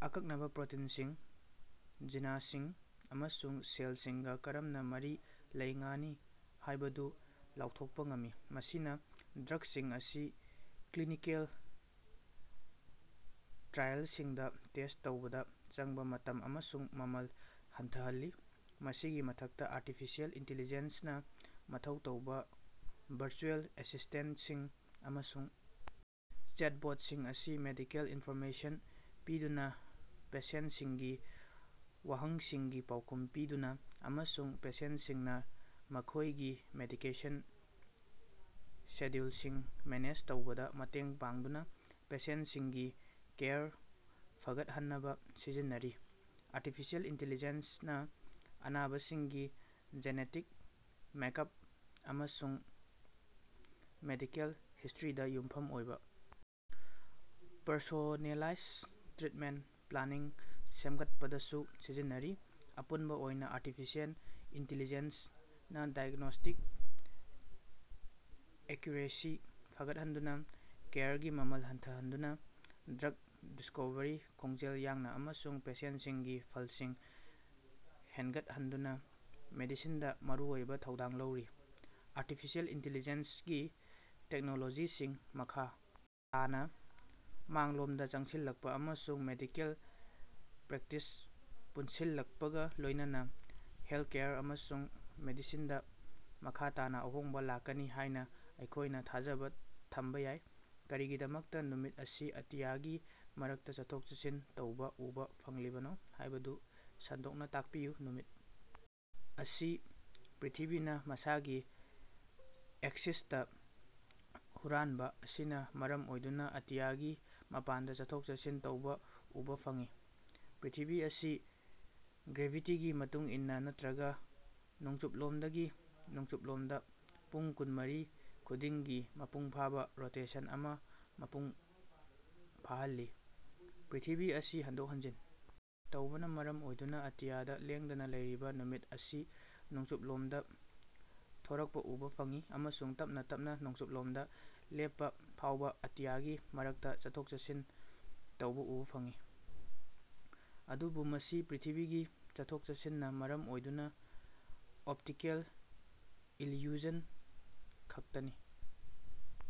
ꯑꯀꯛꯅꯕ ꯄ꯭ꯔꯣꯇꯤꯟꯁꯤꯡ, ꯖꯤꯟꯁꯤꯡ ꯑꯃꯁꯨꯡ ꯁꯦꯜꯁꯤꯡꯒꯥ ꯀꯔꯝꯅ ꯃꯔꯤ ꯂꯩꯅꯅꯤ ꯍꯥꯏꯕꯗꯨ ꯂꯥꯎꯊꯣꯛꯄ ꯉꯝꯃꯤ, ꯃꯁꯤꯅ ꯗ꯭ꯔꯒꯁꯤꯡ ꯑꯁꯤ ꯀ꯭ꯂꯤꯅꯤꯀꯦꯜ ꯇ꯭ꯔꯥꯏꯑꯦꯜꯁꯤꯡꯗ ꯇꯦꯁ ꯇꯧꯕꯗ ꯆꯪꯕ ꯃꯇꯝ ꯑꯃꯁꯨꯡ ꯃꯃꯜ ꯍꯟꯊꯥꯍꯜꯂꯤ꯫ ꯃꯁꯤꯒꯤ ꯃꯊꯛꯇꯥ, ꯑꯤꯔꯇꯤꯐꯤꯑꯦꯜ ꯏꯟꯇꯤꯂꯤꯖꯦꯟꯁ ꯅꯥ ꯃꯊꯧ ꯇꯧꯕ ꯚꯔꯆꯨꯑꯦꯜ ꯑꯦꯁꯤꯁꯇꯦꯟꯁꯤꯡ ꯑꯃꯁꯨꯡ ꯆꯦꯠꯕꯣꯠꯁꯤꯡ ꯑꯁꯤ ꯃꯦꯗꯤꯀꯦꯜ ꯏꯟꯐꯣꯔꯃꯦꯁꯟ ꯄꯤꯗꯨꯅ, ꯄꯦꯁꯦꯟꯇꯁꯤꯡꯒꯤ ꯋꯍꯪꯁꯤꯡꯒꯤ ꯄꯥꯎꯈꯨꯝ ꯄꯤꯗꯨꯅ, ꯑꯃꯁꯨꯡ ꯄꯦꯁꯦꯟꯇꯁꯤꯡꯅ ꯃꯈꯣꯏꯒꯤ ꯃꯦꯗꯤꯀꯦꯁꯟ ꯁꯦꯗ꯭ꯌꯨꯜꯁꯤꯡ ꯃꯦꯅꯦꯖ ꯇꯧꯕꯗ ꯃꯇꯦꯡ ꯄꯥꯡꯗꯨꯅ ꯄꯦꯁꯦꯟꯇꯁꯤꯡꯒꯤ ꯀꯦꯌꯔ ꯐꯒꯠꯍꯟꯅꯕ ꯁꯤꯖꯤꯟꯅꯔꯤ꯫ ꯑꯥꯔꯇꯤꯐꯤꯁꯤꯑꯦꯜ ꯏꯟꯇꯦꯂꯤꯖꯦꯟꯁ ꯅꯥ ꯑꯅꯥꯕꯁꯤꯡꯒꯤ ꯖꯦꯅꯦꯇꯤꯛ ꯃꯦꯛꯑꯞ ꯑꯃꯁꯨꯡ ꯃꯦꯗꯤꯀꯦꯜ ꯍꯤꯁꯇ꯭ꯔꯤꯗ ꯌꯨꯝꯐꯝ ꯑꯣꯏꯕ ꯄꯔꯁꯣꯅꯦꯂꯥꯏꯖ ꯇ꯭ꯔꯤꯠꯃꯦꯟꯇ ꯄ꯭ꯂꯥꯟꯁꯤꯡ ꯁꯦꯝꯒꯠꯄꯗꯁꯨ ꯁꯤꯖꯤꯟꯅꯔꯤ꯫ ꯑꯄꯨꯟꯕ ꯑꯣꯏꯅ, ꯑꯥꯔꯇꯤꯐꯤꯁꯤꯑꯦꯟ ꯏꯟꯇꯦꯂꯤꯖꯦꯟꯁ ꯅꯥ ꯗꯥꯏꯒ꯭ꯅꯣꯁꯇꯤꯛ ꯑꯦꯛꯀ꯭ꯌꯨꯔꯦꯁꯤ ꯐꯒꯠꯍꯟꯗꯨꯅ, ꯀꯦꯌꯔꯒꯤ ꯃꯃꯜ ꯍꯟꯊꯍꯟꯗꯨꯅ, ꯗ꯭ꯔꯒ ꯗꯤꯁꯀꯣꯚ꯭ꯔꯤ ꯈꯣꯡꯖꯦꯜ ꯌꯥꯡꯅ ꯑꯃꯁꯨꯡ ꯄꯦꯁꯦꯟꯇꯁꯤꯡꯒꯤ ꯐꯜꯁꯤꯡ ꯍꯦꯟꯒꯠꯍꯟꯗꯨꯅ ꯃꯦꯗꯤꯁꯤꯟꯗ ꯃꯔꯨꯑꯣꯏꯕ ꯊꯧꯗꯥꯡ ꯂꯧꯔꯤ꯫ ꯑꯥꯔꯇꯤꯐꯤꯁꯤꯑꯦꯜ ꯏꯟꯇꯦꯂꯤꯖꯦꯟꯁ ꯒꯤ ꯇꯦꯛꯅꯣꯂꯣꯖꯤꯁꯤꯡ ꯃꯈꯥ ꯇꯥꯅ ꯃꯥꯡꯂꯣꯝꯗ ꯆꯪꯁꯤꯜꯂꯛꯄ ꯑꯃꯁꯨꯡ ꯃꯦꯗꯤꯀꯦꯜ ꯄ꯭ꯔꯦꯛꯇꯤꯁꯇ ꯄꯨꯟꯁꯤꯜꯂꯛꯄꯒ ꯂꯣꯏꯅꯥꯅ ꯍꯦꯜꯊꯀꯦꯌꯔ ꯑꯃꯁꯨꯡ ꯃꯦꯗꯤꯁꯤꯟꯗ ꯃꯈꯥ ꯇꯥꯅ ꯑꯍꯣꯡꯕ ꯂꯥꯛꯀꯅꯤ ꯍꯥꯏꯅ ꯑꯩꯈꯣꯏꯅ ꯊꯥꯖꯕ ꯊꯝꯕ ꯌꯥꯏ꯫ ꯀꯔꯤꯒꯤꯗꯃꯛꯇꯥ ꯅꯨꯃꯤꯠ ꯑꯁꯤ ꯑꯇꯤꯌꯥꯒꯤ ꯃꯔꯛꯇ ꯆꯠꯊꯣꯛ-ꯆꯠꯁꯤꯟ ꯇꯧꯕ ꯎꯕ ꯐꯪꯂꯤꯕꯅꯣ ꯍꯥꯏꯕꯗꯨ ꯁꯟꯗꯣꯛꯅ ꯇꯥꯛꯄꯤꯌꯨ꯫ ꯅꯨꯃꯤꯠ ꯑꯁꯤ ꯄ꯭ꯔ꯭ꯤꯊꯤꯕꯤꯅ ꯃꯁꯥꯒꯤ ꯑꯦꯛꯁꯤꯁꯇꯥ ꯍꯨꯔꯥꯟꯕ ꯑꯁꯤꯅ ꯃꯔꯝ ꯑꯣꯏꯗꯨꯅ ꯑꯇꯤꯌꯥꯒꯤ ꯃꯄꯥꯟꯗ ꯆꯠꯊꯣꯛ-ꯆꯠꯁꯤꯟ ꯇꯧꯕ ꯎꯕ ꯐꯪꯏ꯫ ꯄ꯭ꯔ꯭ꯤꯊꯤꯕꯤ ꯑꯁꯤ ꯒ꯭ꯔꯦꯚꯤꯇꯤꯒꯤ ꯃꯇꯨꯡ ꯏꯟꯅꯥ, ꯅꯠꯇ꯭ꯔꯒ ꯅꯣꯡꯆꯨꯞꯂꯣꯝꯗꯒꯤ ꯅꯣꯡꯆꯨꯝꯂꯣꯝꯗ, ꯄꯨꯡ ꯀꯨꯟꯃꯔꯤ ꯈꯨꯗꯤꯡꯒꯤ ꯃꯄꯨꯡꯐꯥꯕ ꯔꯣꯇꯦꯁꯟ ꯑꯃ ꯃꯄꯨꯡ ꯐꯥꯍꯜꯂꯤ꯫ ꯄ꯭ꯔ꯭ꯤꯊꯤꯕꯤ ꯑꯁꯤ ꯍꯟꯗꯣꯛ-ꯍꯟꯖꯤꯟ ꯇꯧꯕꯅ ꯃꯔꯝ ꯑꯣꯏꯗꯨꯅ ꯑꯇꯤꯌꯥꯗ ꯂꯦꯡꯗꯅ ꯂꯩꯔꯤꯕ ꯅꯨꯃꯤꯠ ꯑꯁꯤ ꯅꯣꯡꯆꯨꯞꯂꯣꯝꯗ ꯊꯣꯔꯛꯄ ꯎꯕ ꯐꯪꯏ ꯑꯃꯁꯨꯡ ꯇꯞꯅ ꯇꯞꯅ ꯅꯣꯡꯆꯨꯞꯂꯣꯝꯗ ꯂꯦꯞꯄ ꯐꯥꯎꯕ ꯑꯇꯤꯌꯥꯒꯤ ꯃꯔꯛꯇ ꯆꯠꯊꯣꯛ-ꯆꯠꯁꯤꯟ ꯇꯧꯕ ꯎꯕ ꯐꯪꯏ꯫ ꯑꯗꯨꯕꯨ ꯃꯁꯤ ꯄ꯭ꯔ꯭ꯤꯊꯤꯕꯤꯒꯤ ꯆꯠꯊꯣꯛ-ꯆꯠꯁꯤꯟꯅ ꯃꯔꯝ ꯑꯣꯏꯗꯨꯅ ꯑꯣꯞꯇꯤꯀꯦꯜ ꯏꯜꯌꯨꯖꯟ ꯈꯛꯇꯅꯤ꯫